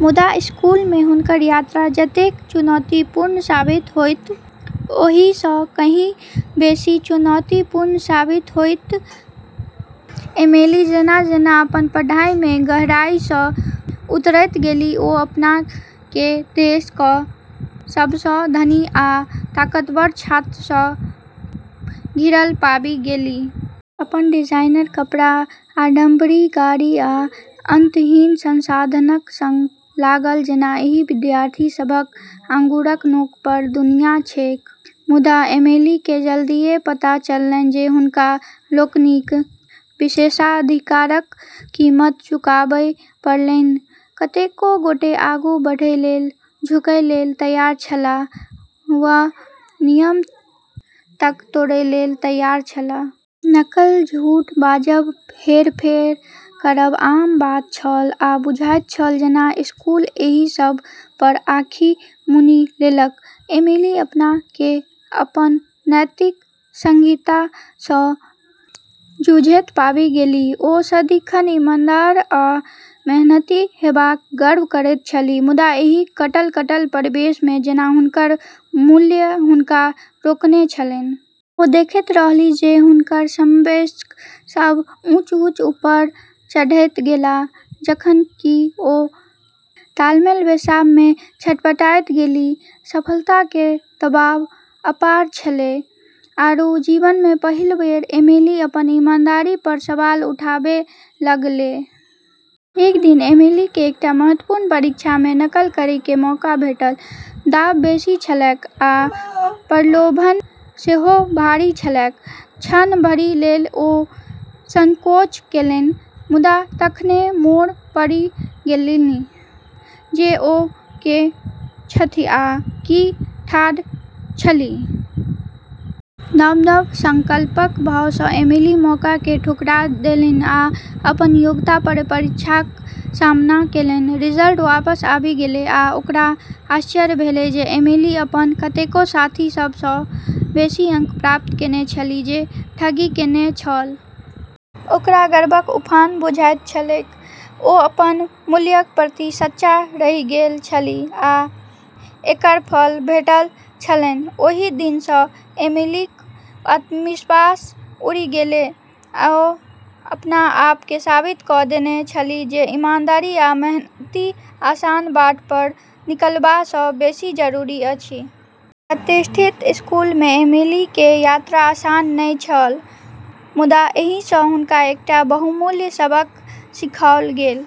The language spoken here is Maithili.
मुदा, स्कूल मे हुनकर यात्रा जतेक चुनौतीपूर्ण साबित होयत, ओहि सं कहीं बेसी चुनौतीपूर्ण साबित होयत। एमिली जेना-जेना अपन पढ़ाई मे गहराई स उतरैत गेलीह, ओ अपना के देश क सबस धनी आ ताकतवर छात्र स घिरल पाबि गेलीह। अपन डिजाइनर कपड़ा, आडंबरी गाड़ी, आ अंतहीन संसाधनक संग लागल जेना एहि विद्यार्थी सभक आँगुरक नोक पर दुनियाँ छैक। मुदा एमिली के जल्दिये पता चललनि जे हुनका लोकनिक विशेषाधिकारक कीमत चुकाबय पड़लनि; कतेको गोटे आगू बढ़य लेल झुकय लेल तैयार छलाह वा नियम तक तोड़य लेल तैयार छलाह। नकल, झूठ बाजब, हेरफेर करब आम बात छल, आ बुझाइत छल जेना स्कूल एहि सब पर आँखि मुनि लेलक। एमिली अपना के अपन नैतिक संहिता स जूझैत पाबि गेलीह। ओ सदिखन ईमानदार आ मेहनती हेबाक गर्व करैत छलीह, मुदा एहि कटल-कटल परिवेश मे जेना हुनकर मूल्य हुनका रोकने छलनि। ओ देखैत रहलीह जे हुनकर समवयस्क सभ ऊँच-ऊँच ऊपर चढ़ैत गेलाह, जखन कि ओ तालमेल बैसाब' मे छटपटाइत छलीह। सफलता के दबाव अपार छेलै, आरू जीवन में पहिल बार एमिली अपन ईमानदारी पर सवाल उठाबै लगलै। एक दिन एमिली के एकटा महत्वपूर्ण परीक्षा में नकल करय के मौका भेटल। दाँव बेसी छलैक, आ प्रलोभन सेहो भारी छलैक। क्षण भरि लेल ओ संकोच केलनि, मुदा तखने मोन पड़ि गेलनि जे ओ के छथि आ की ठाढ़ छलीह। नव-नव संकल्पक भाव सँ एमिली मौका के ठुकरा देलनि आ अपन योग्यता पर परीक्षाक सामना केलनि। रिजल्ट वापस आबि गेलै, आ ओकरा आश्चर्य भेलै जे एमिली अपन कतेको साथी सब स बेसी अंक प्राप्त केने छलीह जे ठगी केने छल। ओकरा गर्वक उफान बुझाइत छलैक; ओ अपन मूल्यक प्रति सच्चा रहि गेल छलीह, आ एकर फल भेटल छलनि। ओहि दिनसँ एमिलीक आत्मविश्वास उड़ि गेलै। ओ अपना आप के साबित क देने छलीह जे ईमानदारी आ मेहनति आसान बाट पर निकलबा सँ बेसी जरूरी अछि। प्रतिष्ठित स्कूल मे एमिली के यात्रा आसान नै छल, मुदा एहि सं हुनका एकटा बहुमूल्य सबक सिखओल गेल।